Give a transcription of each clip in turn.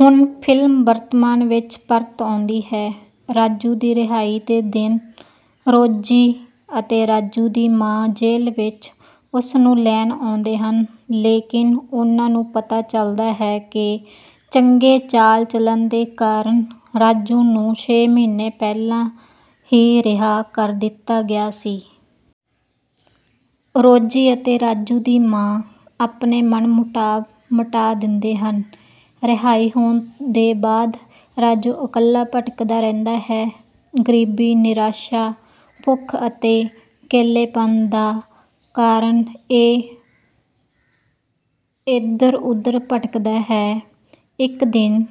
ਹੁਣ ਫਿਲਮ ਵਰਤਮਾਨ ਵਿੱਚ ਪਰਤ ਆਉਂਦੀ ਹੈ। ਰਾਜੂ ਦੀ ਰਿਹਾਈ ਦੇ ਦਿਨ ਰੋਜੀ ਅਤੇ ਰਾਜੂ ਦੀ ਮਾਂ ਜੇਲ੍ਹ ਵਿੱਚ ਉਸਨੂੰ ਲੈਣ ਆਉਂਦੇ ਹਨ, ਲੇਕਿਨ ਉਨ੍ਹਾਂ ਨੂੰ ਪਤਾ ਚੱਲਦਾ ਹੈ ਕਿ ਚੰਗੇ ਚਾਲ-ਚਲਣ ਦੇ ਕਾਰਨ ਰਾਜੂ ਨੂੰ ਛੇ ਮਹੀਨੇ ਪਹਿਲਾਂ ਹੀ ਰਿਹਾ ਕਰ ਦਿੱਤਾ ਗਿਆ ਸੀ। ਰੋਜੀ ਅਤੇ ਰਾਜੂ ਦੀ ਮਾਂ ਆਪਣੇ ਮਨ-ਮੁਟਾਵ ਮਿਟਾ ਦਿੰਦੇ ਹਨ। ਰਿਹਾਈ ਹੋਣ ਦੇ ਬਾਅਦ ਰਾਜੂ ਇਕੱਲਾ ਭਟਕਦਾ ਰਹਿੰਦਾ ਹੈ। ਗਰੀਬੀ, ਨਿਰਾਸ਼ਾ, ਭੁੱਖ ਅਤੇ ਅਕੇਲੇਪਨ ਦੇ ਕਾਰਨ ਉਹ ਏਧਰ-ਉੱਧਰ ਭਟਕਦਾ ਹੈ। ਇੱਕ ਦਿਨ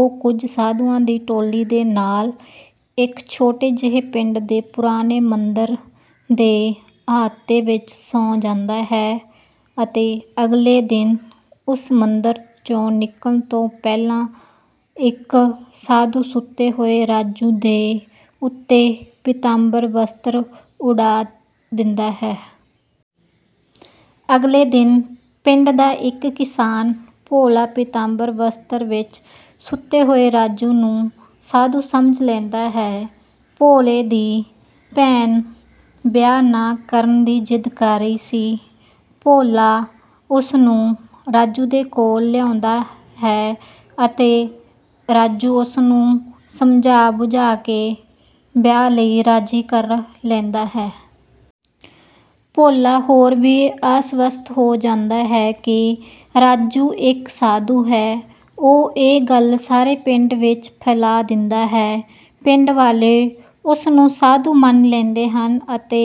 ਉਹ ਕੁਝ ਸਾਧੂਆਂ ਦੀ ਟੋਲੀ ਦੇ ਨਾਲ ਇੱਕ ਛੋਟੇ ਜਿਹੇ ਪਿੰਡ ਦੇ ਪੁਰਾਣੇ ਮੰਦਿਰ ਦੇ ਅਹਾਤੇ ਵਿੱਚ ਸੌਂ ਜਾਂਦਾ ਹੈ ਅਤੇ ਅਗਲੇ ਦਿਨ ਉਸ ਮੰਦਿਰ 'ਚੋਂ ਨਿਕਲਣ ਤੋਂ ਪਹਿਲਾਂ ਇੱਕ ਸਾਧੂ ਸੁੱਤੇ ਹੋਏ ਰਾਜੂ ਦੇ ਉੱਤੇ ਪੀਤਾਂਬਰ ਵਸਤਰ ਉਡਾ ਦਿੰਦਾ ਹੈ। ਅਗਲੇ ਦਿਨ ਪਿੰਡ ਦਾ ਇੱਕ ਕਿਸਾਨ, ਭੋਲਾ, ਪੀਤਾਂਬਰ ਵਸਤਰ ਵਿੱਚ ਸੁੱਤੇ ਹੋਏ ਰਾਜੂ ਨੂੰ ਸਾਧੂ ਸਮਝ ਲੈਂਦਾ ਹੈ। ਭੋਲੇ ਦੀ ਭੈਣ ਵਿਆਹ ਨਾ ਕਰਨ ਦੀ ਜਿੱਦ ਕਰ ਰਹੀ ਸੀ। ਭੋਲਾ ਉਸਨੂੰ ਰਾਜੂ ਦੇ ਕੋਲ ਲਿਆਉਂਦਾ ਹੈ ਅਤੇ ਰਾਜੂ ਉਸਨੂੰ ਸਮਝਾ-ਬੁਝਾ ਕੇ ਵਿਆਹ ਲਈ ਰਾਜ਼ੀ ਕਰ ਲੈਂਦਾ ਹੈ। ਭੋਲਾ ਹੋਰ ਵੀ ਆਸਵਸਤ ਹੋ ਜਾਂਦਾ ਹੈ ਕਿ ਰਾਜੂ ਇੱਕ ਸਾਧੂ ਹੈ। ਉਹ ਇਹ ਗੱਲ ਸਾਰੇ ਪਿੰਡ ਵਿੱਚ ਫੈਲਾ ਦਿੰਦਾ ਹੈ। ਪਿੰਡ ਵਾਲੇ ਉਸਨੂੰ ਸਾਧੂ ਮੰਨ ਲੈਂਦੇ ਹਨ ਅਤੇ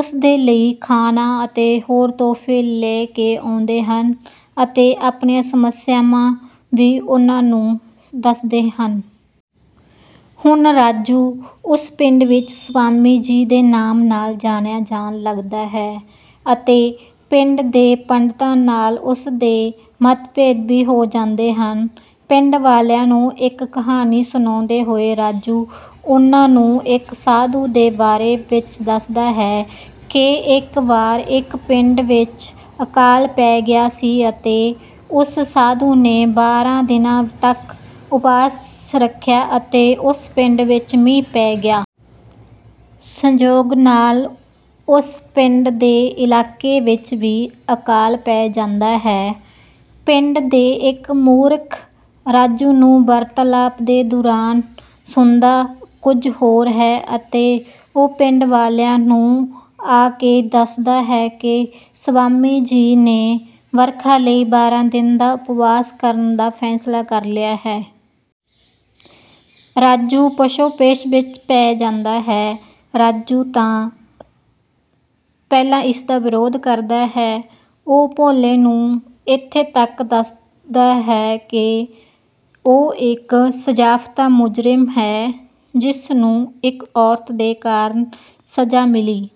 ਉਸਦੇ ਲਈ ਖਾਨਾ ਅਤੇ ਹੋਰ ਤੋਹਫ਼ੇ ਲੈ ਕੇ ਆਉਂਦੇ ਹਨ ਅਤੇ ਆਪਣੀਆਂ ਸਮੱਸਿਆਵਾਂ ਵੀ ਉਹਨੂੰ ਦੱਸਦੇ ਹਨ। ਹੁਣ ਰਾਜੂ ਉਸ ਪਿੰਡ ਵਿੱਚ "ਸਵਾਮੀ ਜੀ" ਦੇ ਨਾਮ ਨਾਲ ਜਾਣਿਆ ਜਾਣ ਲੱਗਦਾ ਹੈ ਅਤੇ ਪਿੰਡ ਦੇ ਪੰਡਤਾਂ ਨਾਲ ਉਸਦੇ ਮਤਭੇਦ ਵੀ ਹੋ ਜਾਂਦੇ ਹਨ। ਪਿੰਡ ਵਾਲਿਆਂ ਨੂੰ ਇੱਕ ਕਹਾਣੀ ਸੁਣਾਉਂਦੇ ਹੋਏ ਰਾਜੂ ਉਨ੍ਹਾਂ ਨੂੰ ਇੱਕ ਸਾਧੂ ਦੇ ਬਾਰੇ ਵਿੱਚ ਦੱਸਦਾ ਹੈ ਕਿ ਇੱਕ ਵਾਰ ਇੱਕ ਪਿੰਡ ਵਿੱਚ ਅਕਾਲ ਪੈ ਗਿਆ ਸੀ ਅਤੇ ਉਸ ਸਾਧੂ ਨੇ ਬਾਰਾਂ ਦਿਨ ਤੱਕ ਉਪਵਾਸ ਰੱਖਿਆ ਅਤੇ ਉਸ ਪਿੰਡ ਵਿੱਚ ਮੀਂਹ ਪੈ ਗਿਆ। ਸੰਜੋਗ ਨਾਲ ਉਸ ਪਿੰਡ ਦੇ ਇਲਾਕੇ ਵਿੱਚ ਵੀ ਅਕਾਲ ਪੈ ਜਾਂਦਾ ਹੈ। ਪਿੰਡ ਦੇ ਇੱਕ ਮੂਰਖ ਰਾਜੂ ਨੂੰ ਵਾਰਤਾਲਾਪ ਦੇ ਦੌਰਾਨ ਸੁਣਦਾ ਕੁਝ ਹੋਰ ਹੈ ਅਤੇ ਉਹ ਪਿੰਡ ਵਾਲਿਆਂ ਨੂੰ ਆ ਕੇ ਦੱਸਦਾ ਹੈ ਕਿ ਸਵਾਮੀ ਜੀ ਨੇ ਵਰਖਾ ਲਈ ਬਾਰਾਂ ਦਿਨ ਦਾ ਉਪਵਾਸ ਕਰਨ ਦਾ ਫ਼ੈਸਲਾ ਲਿਆ ਹੈ। ਰਾਜੂ ਪਸ਼ੋਪੇਸ਼ ਵਿੱਚ ਪੈ ਜਾਂਦਾ ਹੈ। ਪਹਿਲਾਂ ਤਾਂ ਰਾਜੂ ਇਸਦਾ ਵਿਰੋਧ ਕਰਦਾ ਹੈ। ਉਹ ਭੋਲੇ ਨੂੰ ਇੱਥੇ ਤੱਕ ਦੱਸਦਾ ਹੈ ਕਿ ਉਹ ਇੱਕ ਸਜ਼ਾਫ਼ਤਾ ਮੁਜ਼ਰਿਮ ਹੈ ਜਿਸਨੂੰ ਇੱਕ ਔਰਤ ਦੇ ਕਾਰਨ ਸਜ਼ਾ ਮਿਲੀ